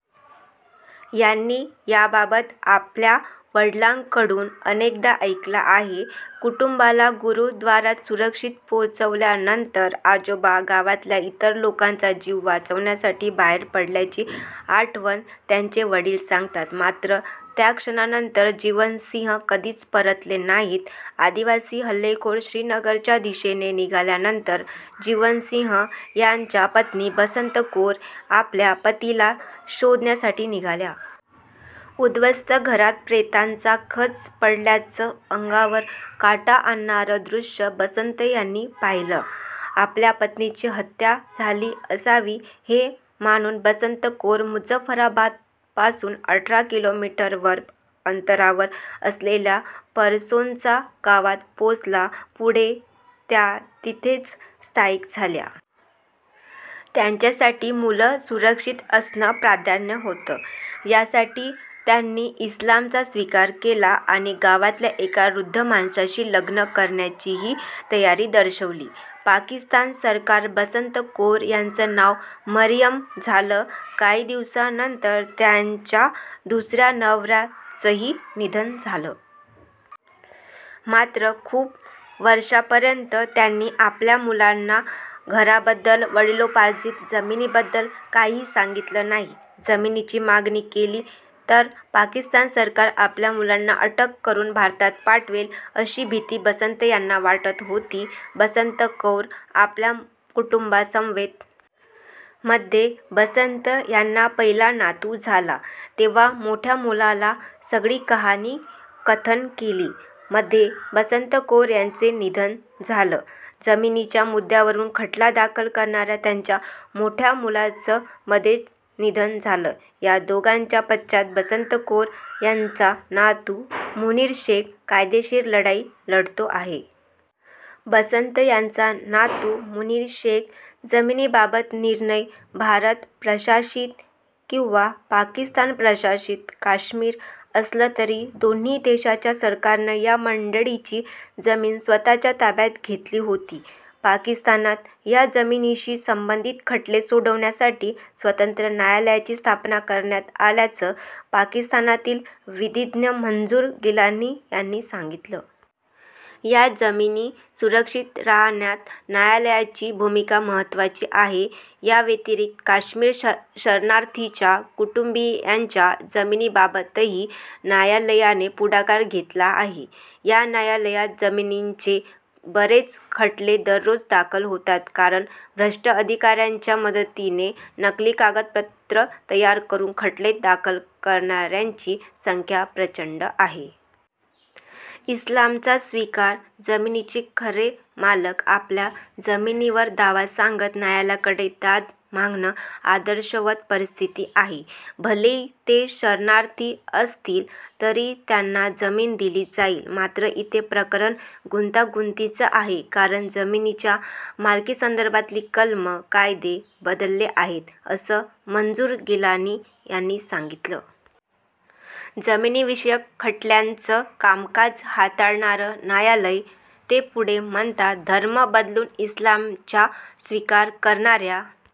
यांनी याबाबत आपल्या वडिलांकडून अनेकदा ऐकलं आहे. कुटुंबाला गुरुद्वारात सुरक्षित पोहोचवल्यानंतर आजोबा गावातल्या इतर लोकांचा जीव वाचवण्यासाठी बाहेर पडल्याची आठवण त्यांचे वडील सांगतात. मात्र त्याक्षणानंतर जीवन सिंह कधीच परतले नाहीत. आदिवासी हल्लेखोर श्रीनगरच्या दिशेने निघाल्यानंतर जीवन सिंह यांच्या पत्नी बसंत कौर आपल्या पतीला शोधण्यासाठी निघाल्या. उदध्वस्त घरात प्रेतांचा खच पडल्याचं अंगावर काटा आणणारं दृश्य बसंत यांनी पाहिलं. आपल्या पत्नीची हत्या झाली असावी, हे मानून बसंत कौर मुजफ्फराबादपासून अठरा किलोमीटरवर अंतरावर असलेल्या परसोनचा गावात पोहोचल्या. पुढे त्या तिथेच स्थायिक झाल्या. त्यांच्यासाठी मुलं सुरक्षित असणं प्राधान्य होतं. यासाठी त्यांनी इस्लामचा स्वीकार केला आणि गावातल्या एका वृद्ध माणसाशी लग्न करण्याचीही तयारी दर्शविली. पाकिस्तान सरकार बसंत कौर यांचं नाव मरियम झालं. काही दिवसांनंतर त्यांच्या दुसऱ्या नवऱ्याचंही निधन झालं. मात्र खूप वर्षांपर्यंत त्यांनी आपल्या मुलांना घराबद्दल, वडिलोपार्जित जमिनीबद्दल काहीही सांगितलं नाही. जमिनीची मागणी केली तर पाकिस्तान सरकार आपल्या मुलांना अटक करून भारतात पाठवेल, अशी भीती बसंत यांना वाटत होती. बसंत कौर आपल्या कुटुंबासमवेत. मध्ये बसंत यांना पहिला नातू झाला. तेव्हा मोठ्या मुलाला सगळी कहाणी कथन केली. मध्ये बसंत कौर यांचं निधन झालं. जमिनीच्या मुद्द्यावरून खटला दाखल करणाऱ्या त्यांच्या मोठ्या मुलाचं मध्ये निधन झालं. या दोघांच्या पश्चात बसंत कौर यांचा नातू मुनीर शेख कायदेशीर लढाई लढतो आहे. बसंत यांचा नातू मुनीर शेख. जमिनीबाबत निर्णय भारत प्रशासित किंवा पाकिस्तान प्रशासित काश्मीर असलं तरी दोन्ही देशांच्या सरकारनं या मंडळींची जमीन स्वत:च्या ताब्यात घेतली होती. पाकिस्तानात या जमिनींशी संबंधित खटले सोडवण्यासाठी स्वतंत्र न्यायालयाची स्थापना करण्यात आल्याचं पाकिस्तानातील विधीज्ञ मंजूर गिलानी यांनी सांगितलं. या जमिनी सुरक्षित राहण्यात न्यायालयाची भूमिका महत्त्वाची आहे. याव्यतिरिक्त काश्मीर शरणार्थींच्या कुटुंबीयांच्या जमिनीबाबतही न्यायालयाने पुढाकार घेतला आहे. या न्यायालयात जमिनींचे बरेच खटले दररोज दाखल होतात. कारण भ्रष्ट अधिकाऱ्यांच्या मदतीने नकली कागदपत्रं तयार करून खटले दाखल करणाऱ्यांची संख्या प्रचंड आहे. इस्लामचा स्वीकार जमिनीचे खरे मालक आपल्या जमिनीवर दावा सांगत न्यायालयाकडे दाद मागणं आदर्शवत परिस्थिती आहे. भलेही ते शरणार्थी असतील तरी त्यांना जमीन दिली जाईल. मात्र इथे प्रकरण गुंतागुंतीचं आहे. कारण जमिनीच्या मालकीसंदर्भातली कलमं, कायदे बदलले आहेत, असं मंजूर गिलानी यांनी सांगितलं. जमिनींविषयक खटल्यांचं कामकाज हाताळणारं न्यायालय. ते पुढे म्हणतात, धर्म बदलून इस्लामच्या स्वीकार करणाऱ्या